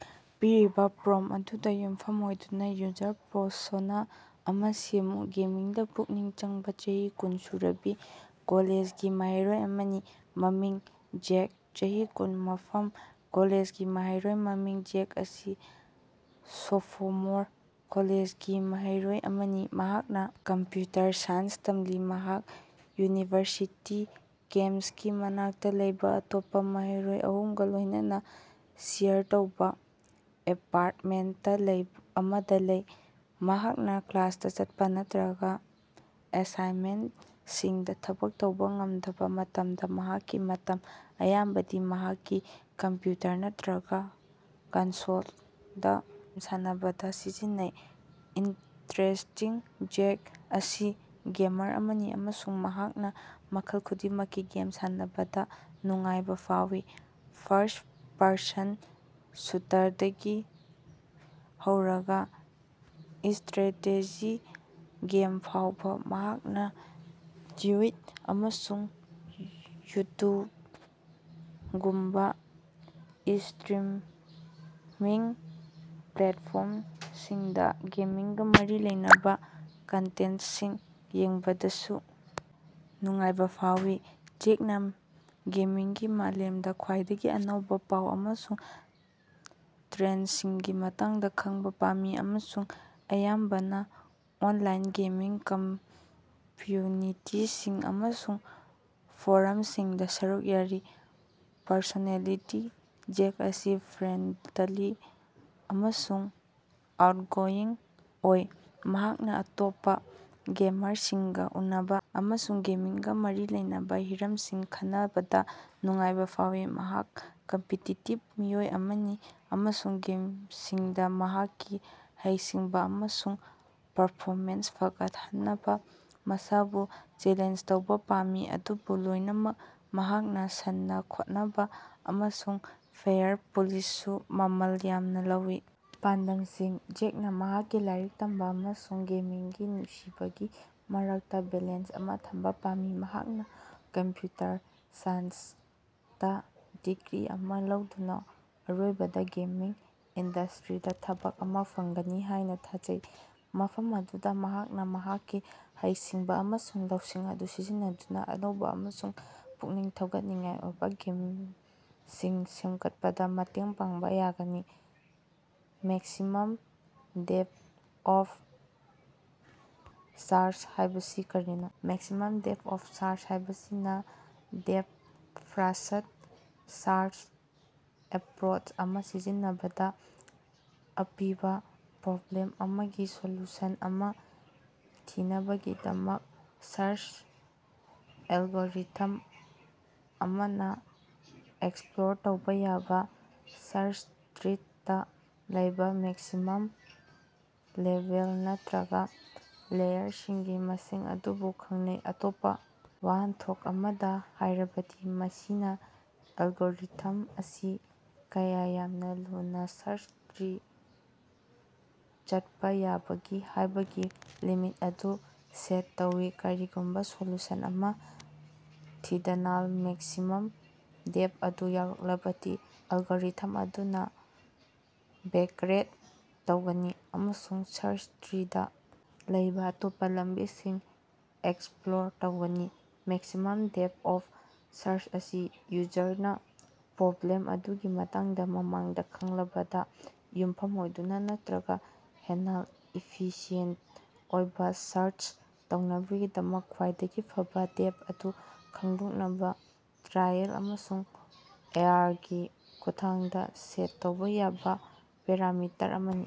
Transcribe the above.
ꯄꯤꯔꯤꯕ ꯄ꯭ꯔꯣꯝꯞꯇ ꯑꯗꯨꯗ ꯌꯨꯝꯐꯝ ꯑꯣꯏꯗꯨꯅ ꯌꯨꯖꯔ ꯄꯔꯁꯣꯅꯥ ꯑꯃ ꯁꯦꯝꯃꯨ꯫ ꯒꯦꯃꯤꯡꯗ ꯄꯨꯛꯅꯤꯡ ꯆꯪꯕ ꯆꯍꯤ ꯀꯨꯟ ꯁꯨꯔꯕꯤ ꯀꯣꯂꯦꯖꯒꯤ ꯃꯍꯩꯔꯣꯏ ꯑꯃꯅꯤ꯫ ꯃꯃꯤꯡ: ꯖꯦꯛ ꯆꯍꯤ: ꯀꯨꯟ ꯃꯐꯝ: ꯀꯣꯂꯦꯖꯒꯤ ꯃꯍꯩꯔꯣꯏ ꯃꯃꯤꯡ: ꯖꯦꯛ ꯑꯁꯤ ꯁꯣꯐꯣꯃꯣꯔ ꯀꯣꯂꯦꯖꯒꯤ ꯃꯍꯩꯔꯣꯏ ꯑꯃꯅꯤ, ꯃꯍꯥꯛꯅ ꯀꯝꯄꯌꯨꯇꯔ ꯁꯥꯏꯟꯁ ꯇꯝꯂꯤ꯫ ꯃꯍꯥꯛ ꯌꯨꯅꯤꯚꯔꯁꯤꯇꯤ ꯀꯦꯝꯄꯁꯀꯤ ꯃꯅꯥꯛꯇ ꯂꯩꯕ ꯑꯇꯣꯞꯄ ꯃꯍꯩꯔꯣꯏ ꯑꯍꯨꯝꯒ ꯂꯣꯏꯅꯅ ꯁꯦꯌꯔ ꯇꯧꯕ ꯑꯦꯄꯥꯔꯇꯃꯦꯟꯇ ꯑꯃꯗ ꯂꯩ꯫ ꯃꯍꯥꯛꯅ ꯀ꯭ꯂꯥꯁꯇꯥ ꯆꯠꯄ ꯅꯠꯇ꯭ꯔꯒꯥ ꯑꯦꯁꯥꯏꯟꯃꯦꯟꯇꯁꯤꯡꯗ ꯊꯕꯛ ꯇꯧꯕ ꯉꯝꯗꯕ ꯃꯇꯝꯗ ꯃꯍꯥꯛꯀꯤ ꯃꯇꯝ ꯑꯌꯥꯝꯕꯗꯤ ꯃꯍꯥꯛꯀꯤ ꯀꯝꯄꯌꯨꯇꯔ ꯅꯠꯇ꯭ꯔꯒ ꯀꯟꯁꯣꯜꯗ ꯒꯦꯝ ꯁꯥꯟꯅꯕꯗ ꯁꯤꯖꯤꯟꯅꯩ꯫ ꯏꯟꯇꯔꯦꯁ꯭ꯇꯁꯤꯡ: ꯖꯦꯛ ꯑꯁꯤ ꯒꯦꯃꯔ ꯑꯃꯅꯤ ꯑꯃꯁꯨꯡ ꯃꯍꯥꯛꯅ ꯃꯈꯜ ꯈꯨꯗꯤꯡꯃꯛꯀꯤ ꯒꯦꯝ ꯁꯥꯟꯅꯕꯗ ꯅꯨꯡꯉꯥꯏꯕ ꯐꯥꯎꯏ, ꯐꯥꯔꯁ-ꯄꯔꯁꯟ ꯁꯨꯇꯔꯗꯒꯤ ꯍꯧꯔꯒꯥ ꯏꯁ꯭ꯇꯔꯦꯇꯦꯖꯤ ꯒꯦꯝ ꯐꯥꯎꯕ꯫ ꯃꯍꯥꯛꯅ ꯇ꯭ꯌꯨꯏꯠ ꯑꯃꯁꯨꯡ ꯌꯨꯇꯨꯎꯕꯒꯨꯝꯕ ꯏꯁ꯭ꯇꯔꯤꯝꯃꯤꯡ ꯄ꯭ꯂꯦꯠꯐꯣꯔꯝꯁꯤꯡꯗ ꯒꯦꯃꯤꯡꯒꯥ ꯃꯔꯤ ꯂꯩꯅꯕ ꯀꯟꯇꯦꯟꯇꯁꯤꯡ ꯌꯦꯡꯕꯗꯁꯨ ꯅꯨꯡꯉꯥꯏꯕ ꯐꯥꯎꯏ꯫ ꯖꯦꯛꯅ ꯒꯦꯃꯤꯡꯒꯤ ꯃꯥꯂꯦꯝꯗ ꯈ꯭ꯋꯥꯏꯗꯒꯤ ꯅꯧꯕ ꯄꯥꯎ ꯑꯃꯁꯨꯡ ꯇ꯭ꯔꯦꯟꯗꯁꯤꯡꯒꯤ ꯃꯇꯥꯡꯗ ꯈꯪꯕ ꯄꯥꯝꯃꯤ ꯑꯃꯁꯨꯡ ꯑꯌꯥꯝꯕꯅ ꯑꯣꯟꯂꯥꯏꯟ ꯒꯦꯃꯤꯡ ꯀꯝꯝꯌꯨꯅꯤꯇꯤꯁꯤꯡ ꯑꯃꯁꯨꯡ ꯐꯣꯔꯝꯁꯤꯡꯗ ꯁꯔꯨꯛ ꯌꯥꯔꯤ꯫ ꯄꯔꯁꯣꯅꯦꯂꯤꯇꯤ: ꯖꯦꯛ ꯑꯁꯤ ꯐ꯭ꯔꯦꯟꯗꯂꯤ ꯑꯃꯁꯨꯡ ꯑꯥꯎꯠꯒꯣꯌꯤꯡ ꯑꯣꯏ꯫ ꯃꯍꯥꯛꯅ ꯑꯇꯣꯞꯄ ꯒꯦꯃꯔꯁꯤꯡꯒ ꯎꯅꯕ ꯑꯃꯁꯨꯡ ꯒꯦꯃꯤꯡꯒ ꯃꯔꯤ ꯂꯩꯅꯕ ꯍꯤꯔꯝꯁꯤꯡ ꯈꯟꯅꯕꯗ ꯅꯨꯡꯉꯥꯏꯕ ꯐꯥꯎꯏ꯫ ꯃꯍꯥꯛ ꯀꯝꯄꯤꯇꯤꯇꯤꯕ ꯃꯤꯑꯣꯏ ꯑꯃꯅꯤ ꯑꯃꯁꯨꯡ ꯒꯦꯃꯁꯤꯡꯗ ꯃꯍꯥꯛꯀꯤ ꯍꯩꯁꯤꯡꯕ ꯑꯃꯁꯨꯡ ꯄꯔꯐꯣꯃꯦꯟꯁ ꯐꯒꯠꯍꯟꯅꯕ ꯃꯁꯥꯕꯨ ꯆꯦꯂꯦꯟꯖ ꯇꯧꯕ ꯄꯥꯝꯃꯤ꯫ ꯑꯗꯨꯝ ꯑꯣꯏꯅꯃꯛ ꯃꯍꯥꯛꯅ ꯁꯥꯟꯅ-ꯈꯣꯠꯅꯕ ꯑꯃꯁꯨꯡ ꯐꯦꯌꯔ ꯄ꯭ꯂꯦꯜꯁꯨ ꯃꯃꯜ ꯌꯥꯝꯅ ꯂꯧꯏ꯫ ꯄꯥꯟꯗꯝꯁꯤꯡ: ꯖꯦꯛꯅ ꯃꯍꯥꯛꯀꯤ ꯂꯥꯏꯔꯤꯛ ꯇꯝꯕ ꯑꯃꯁꯨꯡ ꯒꯦꯃꯤꯡꯒꯤ ꯅꯨꯡꯁꯤꯕꯒꯤ ꯃꯔꯛꯇꯥ ꯕꯦꯂꯦꯟꯁ ꯑꯃ ꯊꯝꯕ ꯄꯥꯝꯃꯤ꯫ ꯃꯍꯥꯛꯅ ꯀꯝꯄꯌꯨꯇꯔ ꯁꯥꯏꯟꯁꯇ ꯗꯤꯒ꯭ꯔꯤ ꯑꯃ ꯂꯧꯗꯨꯅ ꯑꯔꯣꯏꯕꯗ ꯒꯦꯃꯤꯡ ꯏꯟꯗꯁ꯭ꯇꯔꯤꯗ ꯊꯕꯛ ꯑꯃ ꯐꯪꯒꯅꯤ ꯍꯥꯏꯅ ꯊꯥꯖꯩ, ꯃꯐꯝ ꯑꯗꯨꯗ ꯃꯍꯥꯛꯅ ꯃꯍꯥꯛꯀꯤ ꯍꯩꯁꯤꯡꯕ ꯑꯃꯁꯨꯡ ꯂꯧꯁꯤꯡ ꯑꯗꯨ ꯁꯤꯖꯤꯟꯅꯗꯨꯅ ꯑꯅꯧꯕ ꯑꯃꯁꯨꯡ ꯄꯨꯛꯅꯤꯡ ꯊꯧꯒꯠꯅꯤꯡꯉꯥꯏ ꯑꯣꯏꯕ ꯒꯦꯃꯁꯤꯡ ꯁꯦꯝꯒꯠꯄꯗ ꯃꯇꯦꯡ ꯄꯥꯡꯕ ꯌꯥꯒꯅꯤ꯫ ꯃꯦꯛꯁꯤꯃꯝ ꯗꯦꯞꯊ ꯑꯣꯐ ꯁꯥꯔꯆ ꯍꯥꯏꯕꯁꯤ ꯀꯔꯤꯅꯣ? ꯃꯦꯛꯁꯤꯃꯝ ꯗꯦꯞꯊ ꯑꯣꯐ ꯁꯥꯔꯆ ꯍꯥꯏꯕꯁꯤꯅ, ꯗꯦꯞꯊ-ꯐꯥꯔꯁ꯭ꯠ ꯁꯥꯔꯆ ꯑꯦꯄꯔꯣꯆ ꯑꯃ ꯁꯤꯖꯤꯟꯅꯕꯗ, ꯑꯄꯤꯕ ꯄ꯭ꯔꯣꯕ꯭ꯂꯦꯝ ꯑꯃꯒꯤ ꯁꯣꯂꯨꯁꯟ ꯑꯃ ꯊꯤꯅꯕꯒꯤꯗꯃꯛ ꯁꯥꯔꯆ ꯑꯦꯜꯒꯣꯔꯤꯊꯝ ꯑꯃꯅ ꯑꯦꯛꯁꯄ꯭ꯂꯣꯔ ꯇꯧꯕ ꯌꯥꯕ ꯁꯥꯔꯆ ꯇ꯭ꯔꯤꯗ ꯂꯩꯕ ꯃꯦꯛꯁꯤꯃꯝ ꯂꯦꯚꯦꯜ, ꯅꯠꯇꯔꯒ ꯂꯦꯌꯔꯁꯤꯡꯒꯤ ꯃꯁꯤꯡ ꯑꯗꯨꯕꯨ ꯈꯪꯅꯩ꯫ ꯑꯇꯣꯞꯄ ꯋꯥꯍꯟꯊꯣꯛ ꯑꯃꯗ ꯍꯥꯏꯔꯕꯗ, ꯃꯁꯤꯅꯥ ꯑꯦꯜꯒꯣꯔꯤꯊꯝ ꯑꯁꯤ ꯀꯌꯥ ꯌꯥꯝꯅ ꯂꯨꯅ ꯁꯥꯔꯆ ꯇ꯭ꯔꯤ ꯆꯠꯄ ꯌꯥꯅꯕꯒꯤ ꯍꯥꯏꯕꯒꯤ ꯂꯤꯃꯤꯠ ꯑꯗꯨ ꯁꯦꯠ ꯇꯧꯏ꯫ ꯀꯔꯤꯒꯨꯝꯕ ꯁꯣꯂꯨꯁꯟ ꯑꯃ ꯊꯤꯗꯅꯥꯜ ꯃꯦꯛꯁꯤꯃꯝ ꯗꯦꯞꯊ ꯑꯗꯨ ꯌꯧꯔꯛꯂꯕꯗꯤ, ꯑꯦꯜꯒꯣꯔꯤꯊꯝ ꯑꯗꯨꯅ ꯕꯦꯀꯠꯔꯦꯛ ꯇꯧꯒꯅꯤ ꯑꯃꯁꯨꯡ ꯁꯥꯔꯆ ꯇ꯭ꯔꯤꯗ ꯂꯩꯕ ꯑꯇꯣꯞꯄ ꯂꯝꯕꯤꯁꯤꯡ ꯑꯦꯛꯁꯄ꯭ꯂꯣꯔ ꯇꯧꯒꯅꯤ꯫ ꯃꯦꯛꯁꯤꯃꯝ ꯗꯦꯞꯊ ꯑꯣꯐ ꯁꯥꯔꯆ ꯑꯁꯤ ꯌꯨꯖꯔꯅ ꯄ꯭ꯔꯣꯕ꯭ꯂꯦꯝ ꯑꯗꯨꯒꯤ ꯃꯇꯥꯡꯗ ꯃꯃꯥꯡꯗ ꯈꯪꯂꯕꯗ ꯌꯨꯝꯐꯝ ꯑꯣꯏꯗꯨꯅ ꯅꯠꯇꯔꯒꯥ ꯍꯦꯟꯅꯥꯜ ꯏꯐꯤꯁꯤꯑꯦꯟꯇ ꯑꯣꯏꯕ ꯁꯥꯔꯆ ꯇꯧꯅꯕꯒꯤꯗꯃꯛ ꯈ꯭ꯋꯥꯏꯗꯒꯤ ꯐꯥꯕ ꯗꯦꯞꯊ ꯑꯗꯨ ꯈꯪꯗꯣꯛꯅꯕꯥ ꯇ꯭ꯔꯥꯏꯑꯦꯜ ꯑꯃꯁꯨꯡ ꯑꯦꯔꯥꯔꯒꯤ ꯈꯨꯠꯊꯥꯡꯗ ꯁꯦꯠ ꯇꯧꯕꯥ ꯌꯥꯕ ꯄꯦꯔꯥꯃꯤꯇꯔ ꯑꯃꯅꯤ꯫